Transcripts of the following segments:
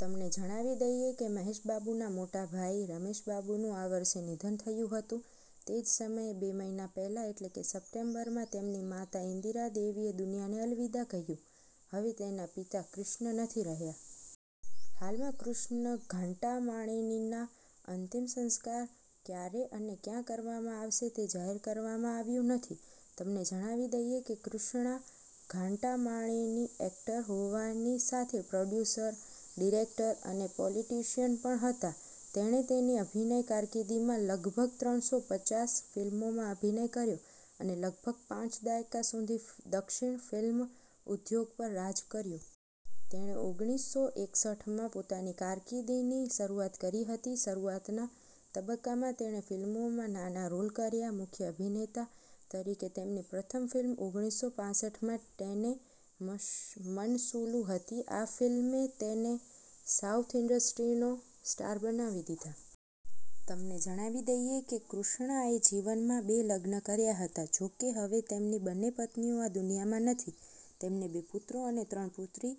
તમને જણાવી દઈએ કે મહેશ બાબુના મોટા ભાઈ રમેશ બાબુનું આ વર્ષે નિધન થયું હતું. તે જ સમયે, બે મહિના પહેલા એટલે કે સપ્ટેમ્બરમાં, તેમની માતા ઇન્દિરા દેવીએ દુનિયાને અલવિદા કહ્યું. હવે તેના પિતા કૃષ્ણ નથી રહ્યા. હાલમાં, કૃષ્ણ ઘાટ્ટાંમાણેનીના અંતિમ સંસ્કાર ક્યારે અને ક્યાં કરવામાં આવશે તે જાહેર કરવામાં આવ્યું નથી. તમને જણાવી દઈએ કે કૃષ્ણા ઘાટ્ટાંમાણેની એક્ટર હોવાની સાથે પ્રોડ્યુસર, ડિરેક્ટર અને પોલિટિશિયન પણ હતા. તેણે તેની અભિનય કારકિર્દીમાં લગભગ ત્રણસો પચાસ ફિલ્મોમાં અભિનય કર્યો અને લગભગ પાંચ દાયકા સુધી દક્ષિણ ફિલ્મ ઉદ્યોગ પર રાજ કર્યું. તેણે ઓગણીસો એકસઠ માં પોતાની કારકિર્દીની શરૂઆત કરી હતી. શરૂઆતના તબક્કામાં તેણે ફિલ્મોમાં નાના રોલ કર્યા. મુખ્ય અભિનેતા તરીકે તેમની પ્રથમ ફિલ્મ ઓગણીસો પાસઠમાં ટેને મનસુલુ હતી. આ ફિલ્મે તેને સાઉથ ઈન્ડસ્ટ્રીનો સ્ટાર બનાવી દીધા. તમને જણાવી દઈએ કે કૃષ્ણાએ જીવનમાં બે લગ્ન કર્યા હતા, જો કે હવે તેમની બંને પત્નીઓ આ દુનિયામાં નથી. તેમને બે પુત્રો અને ત્રણ પુત્રી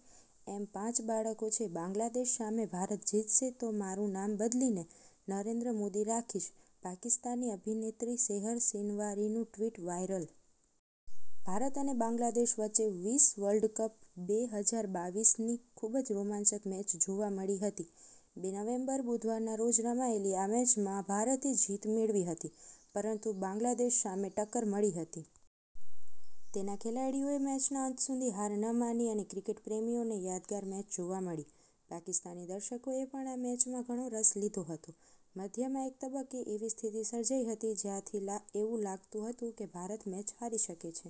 એમ પાંચ બાળકો છે. બાંગ્લાદેશ સામે ભારત જીતશે તો મારું નામ બદલીને નરેન્દ્ર મોદી રાખીશ, પાકિસ્તાની અભિનેત્રી સેહર શિનવારીનું ટ્વિટ વાઈરલ. ભારત અને બાંગ્લાદેશ વચ્ચે વીસ વર્લ્ડ કપ બે હજાર બાવીસ ની ખૂબ જ રોમાંચક મેચ જોવા મળી હતી. બે નવેમ્બર, બુધવારના રોજ રમાયેલી આ મેચમાં ભારતે જીત મેળવી હતી, પરંતુ બાંગ્લાદેશ સામે ટક્કર મળી હતી. તેના ખેલાડીઓએ મેચના અંત સુધી હાર ન માની અને ક્રિકેટ પ્રેમીઓને યાદગાર મેચ જોવા મળી. પાકિસ્તાની દર્શકોએ પણ આ મેચમાં ઘણો રસ લીધો હતો. મધ્યમાં એક તબક્કે એવી સ્થિતિ સર્જાઈ હતી, જ્યાંથી એવું લાગતું હતું કે ભારત મેચ હારી શકે છે.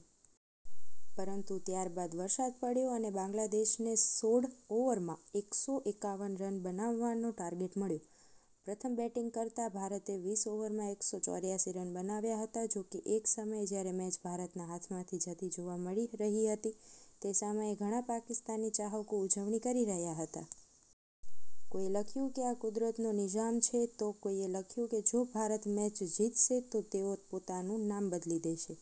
પરંતુ ત્યારબાદ વરસાદ પડ્યો અને બાંગ્લાદેશને સોડ ઓવરમાં એકસો એકાવન રન બનાવવાનો ટાર્ગેટ મળ્યો. પ્રથમ બેટિંગ કરતા ભારતે વીસ ઓવરમાં એકસો ચોર્યાસી રન બનાવ્યા હતા. જો કે, એક સમયે જ્યારે મેચ ભારતના હાથમાંથી જતી જોવા મળી રહી હતી, તે સમયે ઘણા પાકિસ્તાની ચાહકો ઉજવણી કરી રહ્યા હતા. કોઈએ લખ્યું કે આ 'કુદરતનો નિઝામ' છે તો કોઈએ લખ્યું કે જો ભારત મેચ જીતશે તો તેઓ પોતાનું નામ બદલી દેશે.